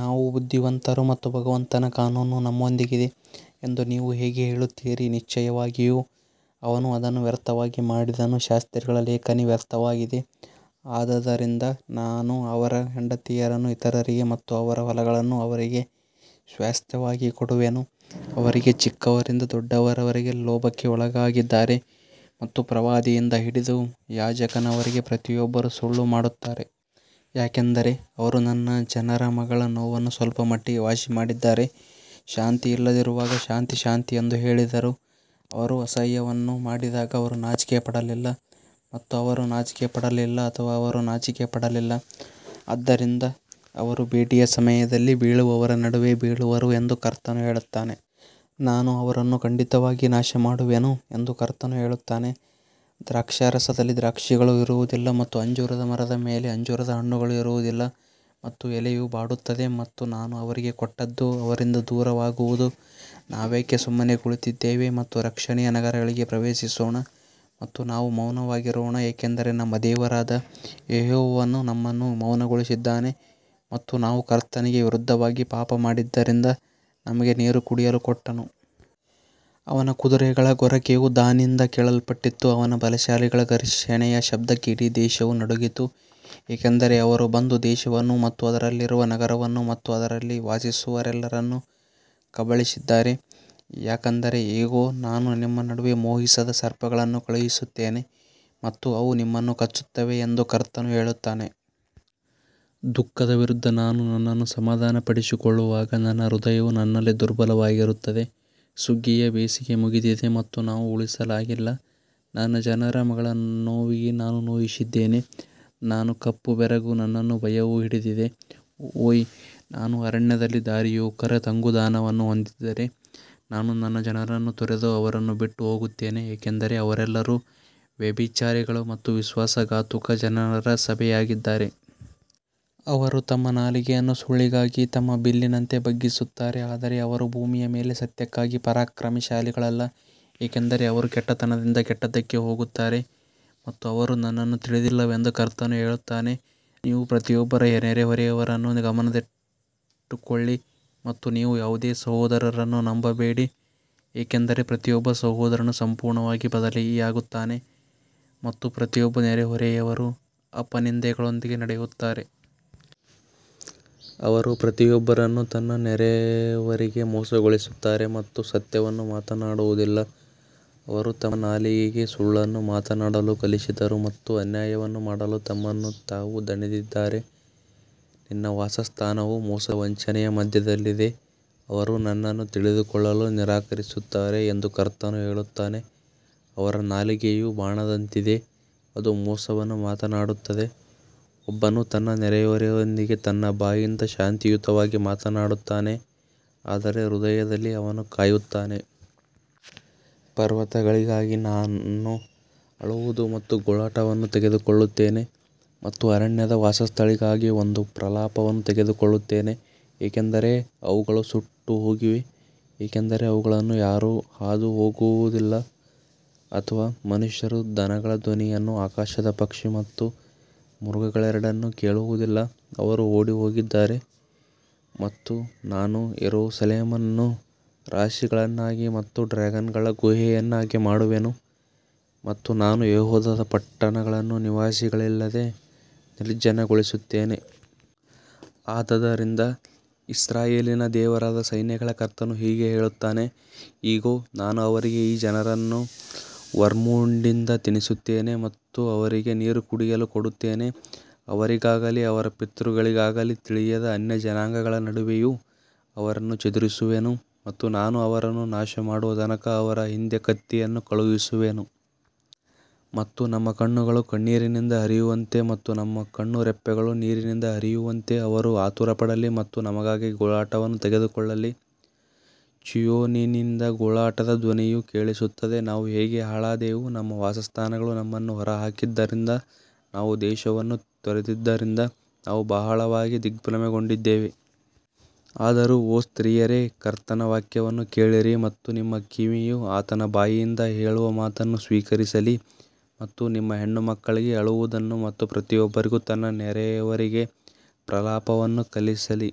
ನಾವು ಬುದ್ಧಿವಂತರು ಮತ್ತು ಭಗವಂತನ ಕಾನೂನು ನಮ್ಮೊಂದಿಗಿದೆ ಎಂದು ನೀವು ಹೇಗೆ ಹೇಳುತ್ತೀರಿ, ನಿಶ್ಚಯವಾಗಿಯೂ ಅವನು ಅದನ್ನು ವ್ಯರ್ಥವಾಗಿ ಮಾಡಿದನು, ಶಾಸ್ತ್ರಿಗಳ ಲೇಖನಿ ವ್ಯರ್ಥವಾಗಿದೆ. ಆದದರಿಂದ ನಾನು ಅವರ ಹೆಂಡತಿಯರನ್ನು ಇತರರಿಗೆ ಮತ್ತು ಅವರ ಹೊಲಗಳನ್ನು ಅವರಿಗೆ ಸ್ವಾಸ್ತ್ಯವಾಗಿ ಕೊಡುವೆನು, ಅವರಿಗೆ ಚಿಕ್ಕವರಿಂದ ದೊಡ್ಡವರವರೆಗೆ ಲೋಭಕ್ಕೆ ಒಳಗಾಗಿದ್ದಾರೆ ಮತ್ತು ಪ್ರವಾದಿಯಿಂದ ಹಿಡಿದು ಯಾಜಕನವರೆಗೆ ಪ್ರತಿಯೊಬ್ಬರೂ ಸುಳ್ಳು ಮಾಡುತ್ತಾರೆ. ಯಾಕಂದರೆ ಅವರು ನನ್ನ ಜನರ ಮಗಳ ನೋವನ್ನು ಸ್ವಲ್ಪಮಟ್ಟಿಗೆ ವಾಸಿಮಾಡಿದ್ದಾರೆ, ಶಾಂತಿ ಇಲ್ಲದಿರುವಾಗ ಶಾಂತಿ ಶಾಂತಿ ಎಂದು ಹೇಳಿದರು. ಅವರು ಅಸಹ್ಯವನ್ನು ಮಾಡಿದಾಗ ಅವರು ನಾಚಿಕೆಪಡಲಿಲ್ಲ ಮತ್ತು ಅವರು ನಾಚಿಕೆಪಡಲಿಲ್ಲ ಅಥವಾ ಅವರು ನಾಚಿಕೆಪಡಲಿಲ್ಲ, ಆದ್ದರಿಂದ ಅವರು ಭೇಟಿಯ ಸಮಯದಲ್ಲಿ ಬೀಳುವವರ ನಡುವೆ ಬೀಳುವರು ಎಂದು ಕರ್ತನು ಹೇಳುತ್ತಾನೆ. ನಾನು ಅವರನ್ನು ಖಂಡಿತವಾಗಿ ನಾಶಮಾಡುವೆನು ಎಂದು ಕರ್ತನು ಹೇಳುತ್ತಾನೆ, ದ್ರಾಕ್ಷಾರಸದಲ್ಲಿ ದ್ರಾಕ್ಷಿಗಳು ಇರುವುದಿಲ್ಲ ಮತ್ತು ಅಂಜೂರದ ಮರದ ಮೇಲೆ ಅಂಜೂರದ ಹಣ್ಣುಗಳು ಇರುವುದಿಲ್ಲ ಮತ್ತು ಎಲೆಯು ಬಾಡುತ್ತದೆ ಮತ್ತು ನಾನು ಅವರಿಗೆ ಕೊಟ್ಟದ್ದು ಅವರಿಂದ ದೂರವಾಗುವುದು. ನಾವೇಕೆ ಸುಮ್ಮನೆ ಕುಳಿತಿದ್ದೇವೆ ಮತ್ತು ರಕ್ಷಣೆಯ ನಗರಗಳಿಗೆ ಪ್ರವೇಶಿಸೋಣ ಮತ್ತು ನಾವು ಮೌನವಾಗಿರೋಣ, ಏಕೆಂದರೆ ನಮ್ಮ ದೇವರಾದ ಯೆಹೋವನು ನಮ್ಮನ್ನು ಮೌನಗೊಳಿಸಿದ್ದಾನೆ ಮತ್ತು ನಾವು ಕರ್ತನಿಗೆ ವಿರುದ್ಧವಾಗಿ ಪಾಪಮಾಡಿದ್ದರಿಂದ ನಮಗೆ ನೀರು ಕುಡಿಯಲು ಕೊಟ್ಟನು. ಅವನ ಕುದುರೆಗಳ ಗೊರಕೆಯು ದಾನ್ನಿಂದ ಕೇಳಲ್ಪಟ್ಟಿತು, ಅವನ ಬಲಶಾಲಿಗಳ ಘರ್ಷಣೆಯ ಶಬ್ದಕ್ಕೆ ಇಡೀ ದೇಶವು ನಡುಗಿತು, ಏಕೆಂದರೆ ಅವರು ಬಂದು ದೇಶವನ್ನು ಮತ್ತು ಅದರಲ್ಲಿರುವ ನಗರವನ್ನು ಮತ್ತು ಅದರಲ್ಲಿ ವಾಸಿಸುವವರೆಲ್ಲರನ್ನು ಕಬಳಿಸಿದ್ದಾರೆ. ಯಾಕಂದರೆ ಇಗೋ, ನಾನು ನಿಮ್ಮ ನಡುವೆ ಮೋಹಿಸದ ಸರ್ಪಗಳನ್ನು ಕಳುಹಿಸುತ್ತೇನೆ ಮತ್ತು ಅವು ನಿಮ್ಮನ್ನು ಕಚ್ಚುತ್ತವೆ ಎಂದು ಕರ್ತನು ಹೇಳುತ್ತಾನೆ. ದುಃಖದ ವಿರುದ್ಧ ನಾನು ನನ್ನನ್ನು ಸಮಾಧಾನಪಡಿಸಿಕೊಳ್ಳುವಾಗ ನನ್ನ ಹೃದಯವು ನನ್ನಲ್ಲಿ ದುರ್ಬಲವಾಗಿರುತ್ತದೆ, ಸುಗ್ಗಿಯ ಬೇಸಿಗೆ ಮುಗಿದಿದೆ ಮತ್ತು ನಾವು ಉಳಿಸಲಾಗಿಲ್ಲ, ನನ್ನ ಜನರ ಮಗಳ ನೋವಿಗೆ ನಾನು ನೋಯಿಸಿದ್ದೇನೆ, ನಾನು ಕಪ್ಪು ಬೆರಗು, ನನ್ನನ್ನು ಭಯವು ಹಿಡಿದಿದೆ. ಓಹ್, ನಾನು ಅರಣ್ಯದಲ್ಲಿ ದಾರಿಹೋಕರ ತಂಗುದಾಣವನ್ನು ಹೊಂದಿದ್ದರೆ, ನಾನು ನನ್ನ ಜನರನ್ನು ತೊರೆದು ಅವರನ್ನು ಬಿಟ್ಟು ಹೋಗುತ್ತೇನೆ, ಏಕೆಂದರೆ ಅವರೆಲ್ಲರೂ ವ್ಯಭಿಚಾರಿಗಳು ಮತ್ತು ವಿಶ್ವಾಸಘಾತುಕ ಜನರ ಸಭೆಯಾಗಿದ್ದಾರೆ. ಅವರು ತಮ್ಮ ನಾಲಿಗೆಯನ್ನು ಸುಳ್ಳಿಗಾಗಿ ತಮ್ಮ ಬಿಲ್ಲಿನಂತೆ ಬಗ್ಗಿಸುತ್ತಾರೆ, ಆದರೆ ಅವರು ಭೂಮಿಯ ಮೇಲೆ ಸತ್ಯಕ್ಕಾಗಿ ಪರಾಕ್ರಮಶಾಲಿಗಳಲ್ಲ, ಏಕೆಂದರೆ ಅವರು ಕೆಟ್ಟತನದಿಂದ ಕೆಟ್ಟದ್ದಕ್ಕೆ ಹೋಗುತ್ತಾರೆ ಮತ್ತು ಅವರು ನನ್ನನ್ನು ತಿಳಿದಿಲ್ಲವೆಂದು ಕರ್ತನು ಹೇಳುತ್ತಾನೆ. ನೀವು ಪ್ರತಿಯೊಬ್ಬರ ನೆರೆಹೊರೆಯವರನ್ನೂ ಗಮನದಲ್ಲಿಟ್ಟುಕೊಳ್ಳಿ ಮತ್ತು ನೀವು ಯಾವುದೇ ಸಹೋದರನನ್ನು ನಂಬಬೇಡಿ, ಏಕೆಂದರೆ ಪ್ರತಿಯೊಬ್ಬ ಸಹೋದರನು ಸಂಪೂರ್ಣವಾಗಿ ಬದಲಿಯಾಗುತ್ತಾನೆ ಮತ್ತು ಪ್ರತಿಯೊಬ್ಬ ನೆರೆಹೊರೆಯವರು ಅಪನಿಂದೆಗಳೊಂದಿಗೆ ನಡೆಯುತ್ತಾರೆ. ಅವರು ಪ್ರತಿಯೊಬ್ಬರನ್ನು ತನ್ನ ನೆರೆಯವರಿಗೆ ಮೋಸಗೊಳಿಸುತ್ತಾರೆ ಮತ್ತು ಸತ್ಯವನ್ನು ಮಾತನಾಡುವುದಿಲ್ಲ, ಅವರು ತಮ್ಮ ನಾಲಿಗೆಗೆ ಸುಳ್ಳನ್ನು ಮಾತನಾಡಲು ಕಲಿಸಿದರು ಮತ್ತು ಅನ್ಯಾಯವನ್ನು ಮಾಡಲು ತಮ್ಮನ್ನು ತಾವು ದಣಿದಿದ್ದಾರೆ. ನಿನ್ನ ವಾಸಸ್ಥಾನವು ಮೋಸದಿಂದ ವಂಚನೆಯ ಮಧ್ಯದಲ್ಲಿದೆ, ಅವರು ನನ್ನನ್ನು ತಿಳಿದುಕೊಳ್ಳಲು ನಿರಾಕರಿಸುತ್ತಾರೆ ಎಂದು ಕರ್ತನು ಹೇಳುತ್ತಾನೆ. ಅವರ ನಾಲಿಗೆಯು ಬಾಣದಂತಿದೆ, ಅದು ಮೋಸವನ್ನು ಮಾತನಾಡುತ್ತದೆ, ಒಬ್ಬನು ತನ್ನ ನೆರೆಹೊರೆಯವರೊಂದಿಗೆ ತನ್ನ ಬಾಯಿಂದ ಶಾಂತಿಯುತವಾಗಿ ಮಾತನಾಡುತ್ತಾನೆ, ಆದರೆ ಹೃದಯದಲ್ಲಿ ಅವನು ಕಾಯುತ್ತಾನೆ. ಪರ್ವತಗಳಿಗಾಗಿ ನಾನು ಅಳುವುದು ಮತ್ತು ಗೋಳಾಟವನ್ನು ತೆಗೆದುಕೊಳ್ಳುತ್ತೇನೆ ಮತ್ತು ಅರಣ್ಯದ ವಾಸಸ್ಥಳಗಳಿಗಾಗಿ ಒಂದು ಪ್ರಲಾಪವನ್ನು ತೆಗೆದುಕೊಳ್ಳುತ್ತೇನೆ, ಏಕೆಂದರೆ ಅವುಗಳು ಸುಟ್ಟುಹೋಗಿವೆ, ಏಕೆಂದರೆ ಅವುಗಳನ್ನು ಯಾರೂ ಹಾದು ಹೋಗಲಾಗುವುದಿಲ್ಲ ಅಥವಾ ಮನುಷ್ಯರು ದನಗಳ ಧ್ವನಿಯನ್ನು, ಆಕಾಶದ ಪಕ್ಷಿ ಮತ್ತು ಮೃಗಗಳೆರಡನ್ನೂ ಕೇಳುವುದಿಲ್ಲ. ಅವರು ಓಡಿಹೋಗಿದ್ದಾರೆ ಮತ್ತು ನಾನು ಯೆರೂಸಲೇಮನ್ನು ರಾಶಿಗಳನ್ನಾಗಿ ಮತ್ತು ಡ್ರ್ಯಾಗನ್ಗಳ ಗುಹೆಯನ್ನಾಗಿ ಮಾಡುವೆನು ಮತ್ತು ನಾನು ಯೆಹೂದದ ಪಟ್ಟಣಗಳನ್ನು ನಿವಾಸಿಗಳಿಲ್ಲದೆ ನಿರ್ಜನಗೊಳಿಸುತ್ತೇನೆ. ಆದದರಿಂದ ಇಸ್ರಾಯೇಲಿನ ದೇವರಾದ ಸೈನ್ಯಗಳ ಕರ್ತನು ಹೀಗೆ ಹೇಳುತ್ತಾನೆ, ಇಗೋ, ನಾನು ಅವರಿಗೆ ಈ ಜನರನ್ನೂ ವರ್ಮ್ವುಡ್ನಿಂದ ತಿನ್ನಿಸುತ್ತೇನೆ ಮತ್ತು ಅವರಿಗೆ ನೀರು ಕುಡಿಯಲು ಕೊಡುತ್ತೇನೆ. ಅವರಿಗಾಗಲಿ ಅವರ ಪಿತೃಗಳಿಗಾಗಲಿ ತಿಳಿಯದ ಅನ್ಯಜನಾಂಗಗಳ ನಡುವೆಯೂ ಅವರನ್ನು ಚದುರಿಸುವೆನು ಮತ್ತು ನಾನು ಅವರನ್ನು ನಾಶಮಾಡುವ ತನಕ ಅವರ ಹಿಂದೆ ಕತ್ತಿಯನ್ನು ಕಳುಹಿಸುವೆನು. ಮತ್ತು ನಮ್ಮ ಕಣ್ಣುಗಳು ಕಣ್ಣೀರಿನಿಂದ ಹರಿಯುವಂತೆ ಮತ್ತು ನಮ್ಮ ಕಣ್ಣುರೆಪ್ಪೆಗಳು ನೀರಿನಿಂದ ಹರಿಯುವಂತೆ ಅವರು ಆತುರಪಡಲಿ ಮತ್ತು ನಮಗಾಗಿ ಗೋಳಾಟವನ್ನು ತೆಗೆದುಕೊಳ್ಳಲಿ. ಚೀಯೋನಿನಿಂದ ಗೋಳಾಟದ ಧ್ವನಿಯು ಕೇಳಿಸುತ್ತದೆ, ನಾವು ಹೇಗೆ ಹಾಳಾದೆವು, ನಮ್ಮ ವಾಸಸ್ಥಾನಗಳು ನಮ್ಮನ್ನು ಹೊರಹಾಕಿದ್ದರಿಂದ ನಾವು ದೇಶವನ್ನು ತೊರೆದಿದ್ದರಿಂದ ನಾವು ಬಹಳವಾಗಿ ದಿಗ್ಭ್ರಮೆಗೊಂಡಿದ್ದೇವೆ. ಆದರೂ ಓ ಸ್ತ್ರೀಯರೇ, ಕರ್ತನ ವಾಕ್ಯವನ್ನು ಕೇಳಿರಿ ಮತ್ತು ನಿಮ್ಮ ಕಿವಿಯು ಆತನ ಬಾಯಿಂದ ಹೇಳುವ ಮಾತನ್ನು ಸ್ವೀಕರಿಸಲಿ ಮತ್ತು ನಿಮ್ಮ ಹೆಣ್ಣುಮಕ್ಕಳಿಗೆ ಅಳುವುದನ್ನು ಮತ್ತು ಪ್ರತಿಯೊಬ್ಬರಿಗೂ ತನ್ನ ನೆರೆಯವರಿಗೆ ಪ್ರಲಾಪವನ್ನು ಕಲಿಸಲಿ.